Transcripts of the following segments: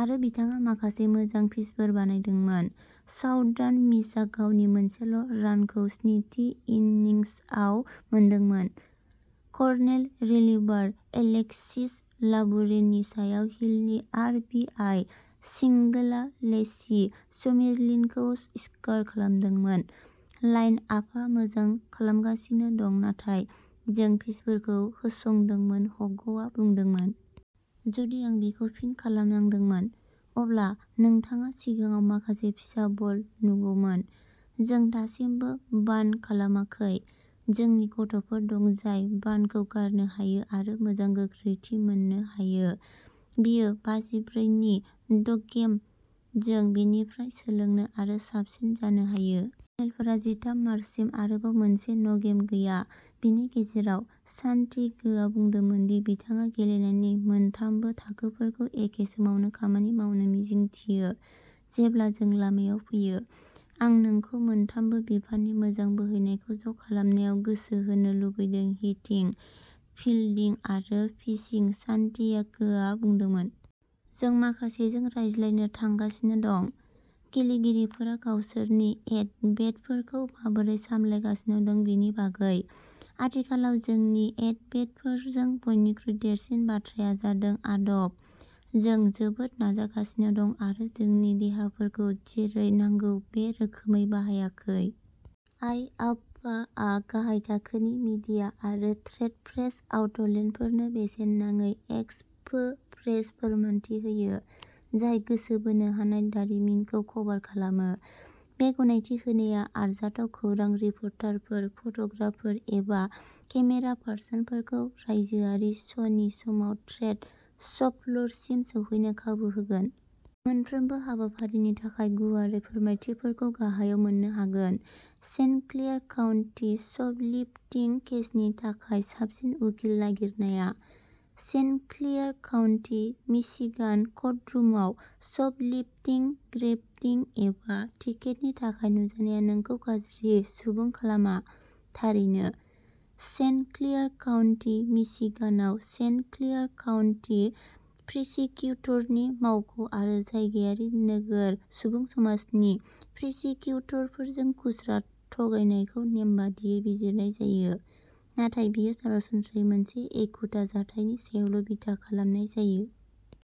आरो बिथाङा माखासे मोजां पिचफोर बानायदोंमोन। साउदार्न मिसआ गावनि मोनसेल' रानखौ स्निथि इन्निंसआव मोनदोंमोन। कर्नेल रिलिभार एलेक्सिस लाबुरेनि सायाव हिलनि आर बि आइ सिंगोलआ लेसि सुमेरलिनखौ स्कर खालामदोंमोन। लाइनआपा मोजां खालामगासिनो दं, नाथाय जों पिचफोरखौ होसंदोंमोन हगआ बुंदोंमोन। जुदि आं बेखौ फिन खालामनांदोंमोन, अब्ला नोंथाङा सिगाङाव माखासे फिसा बल नुगौमोन। जों दासिमबो बान्ट खालामाखै। जोंनि गथ'फोर दं जाय बान्टखौ गारनो हायो आरो मोजां गोख्रैथि मोननो हायो। बेयो बाजिब्रै नि द'गेम। जों बेनिफ्राय सोलोंनो आरो साबसिन जानो हायो। कर्नेलफोरा जिथाम मार्चसिम आरोबाव मोनसे न'गेम गैया। बेनि गेजेराव, सान्टियागोआ बुंदोंमोन दि बिथाङा गेलेनायनि मोनथामबो थाखोफोरखौ एखे समावनो खामानि मावनो मिजिंथियो। जेब्ला जों लामायाव फैयो, आं नोंखौ मोनथामबो बिफाननि मोजां बोहैनायखौ ज'खालामनायाव गोसो होनो लुबैदों हिटिं, फिल्डिं आरो पिचिं सान्टियागोआ बुंदोंमोन। जों माखासेजों रायज्लायनो थांगासिनो दं। गेलेगिरिफोरा गावसोरनि एट बेटफोरखौ माबोरै सामलायगासिनो दं बेनि बागै। आथिखालाव जोंनि एट-बेटफोरजों बयनिख्रुइ देरसिन बाथ्राया जादों आदब। जों जोबोद नाजागासिनो दं आरो जोंनि देहाफोरखौ जेरै नांगौ बे रोखोमै बाहायाखै। आइआफफा आ गाहाय थाखोनि मीडिया आरो ट्रेड प्रेस आउटलेटफोरनो बेसेन नाङि एक्सपो प्रेस फोरमानथि होयो, जाय गोसो बोनो हानाय दारिमिनखौ कभार खालामो। बे गनायथि होनाया आरजाथाव खौरां रिपर्टारफोर, फट'ग्राफारफोर, एबा केमेरापारसनफोरखौ रायजोआरि श'नि समाव ट्रेड श'फ्ल'रसिम सौहैनो खाबु होगोन। मोनफ्रोमबो हाबाफारिनि थाखाय गुवारै फोरमायथिफोरखौ गाहायाव मोन्नो हागोन। सेन्ट क्लेयार काउन्टी श'पलिफ्टिं केसनि थाखाय साबसिन उखिल नागिरनाया? सेन्ट क्लेयार काउन्टी मिशिगान क'र्टरुमआव श'पलिफ्टिं ग्रेप्तिं एबा टिकेटनि थाखाय नुजानाया नोंखौ गाज्रि सुबुं खालामा। थारैनो, सेन्ट क्लेयार काउन्टी मिशिगानआव सेन्ट क्लेयार काउन्टी प्रसिकिउटरनि मावख' आरो जायगायारि नोगोर सुबुं समाजनि प्रसिकिउटरफोरजों खुस्रा थगायनायखौ नेमबादियै बिजिरनाय जायो, नाथाय बेयो सरासनस्रायै मोनसे एखुथा जाथायनि सायावल' बिथा खालामनाय जायो।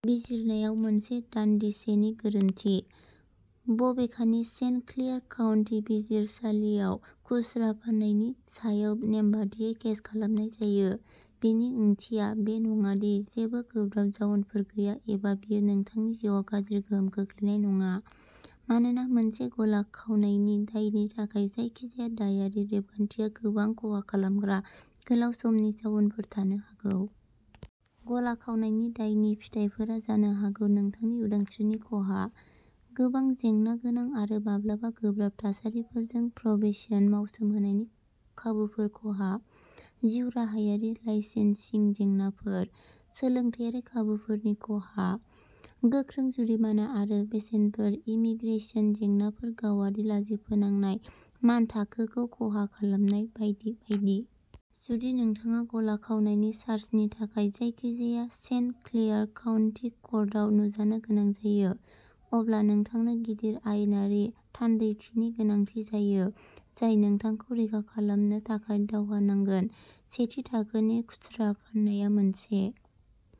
बिजिरनायाव मोनसे दानदिसेनि गोरोन्थि। बबेखानि, सेन्ट क्लेयार काउन्टि बिजिरसालिफोराव खुस्रा फाननायनि सायाव नेमबादियै केस खालामनाय जायो, बेनि ओंथिया बे नङा दि जेबो गोब्राब जाउनफोर गैया एबा बेयो नोंथांनि जिउआव गाज्रि गोहोम खोख्लैनाय नङा, मानोना मोनसे गला खावनायनि दायनि थाखाय जायखिजाया दायारि रेबगान्थिया गोबां खहा खालामग्रा गोलाव समनि जाउनफोर थानो हागौ। गला खावनायनि दायनि फिथाइफोरा जानो हागौ नोंथांनि उदांस्रिनि खहा, गोबां जेंनागोनां आरो माब्लाबा गोब्राब थासारिफोरजों प्रबेशन मावसोमनायनि खाबुफोर खहा; जिउराहायारि लाइसेन्सिं जेंनाफोर, सोलोंथायारि खाबुफोरनि खहा, गोख्रों जुरिमाना आरो बेसेनफोर इमिग्रेशन जेंनाफोर गावारि लाजिफोनांनाय मानथाखोखौ खहा खालामनाय, बायदि बायदि। जुदि नोंथाङा गला खावनायनि चार्जनि थाखाय जायखिजाया सेन्ट क्लेयार काउन्टि कर्टआव नुजानो गोनां जायो, अब्ला नोंथांनो गिदिर आयेनारि थान्दैथिनि गोनांथि जायो जाय नोंथांखौ रैखा खालामनो थाखाय दावहा नांगोन। सेथि थाखोनि खुस्रा फाननाया मोनसे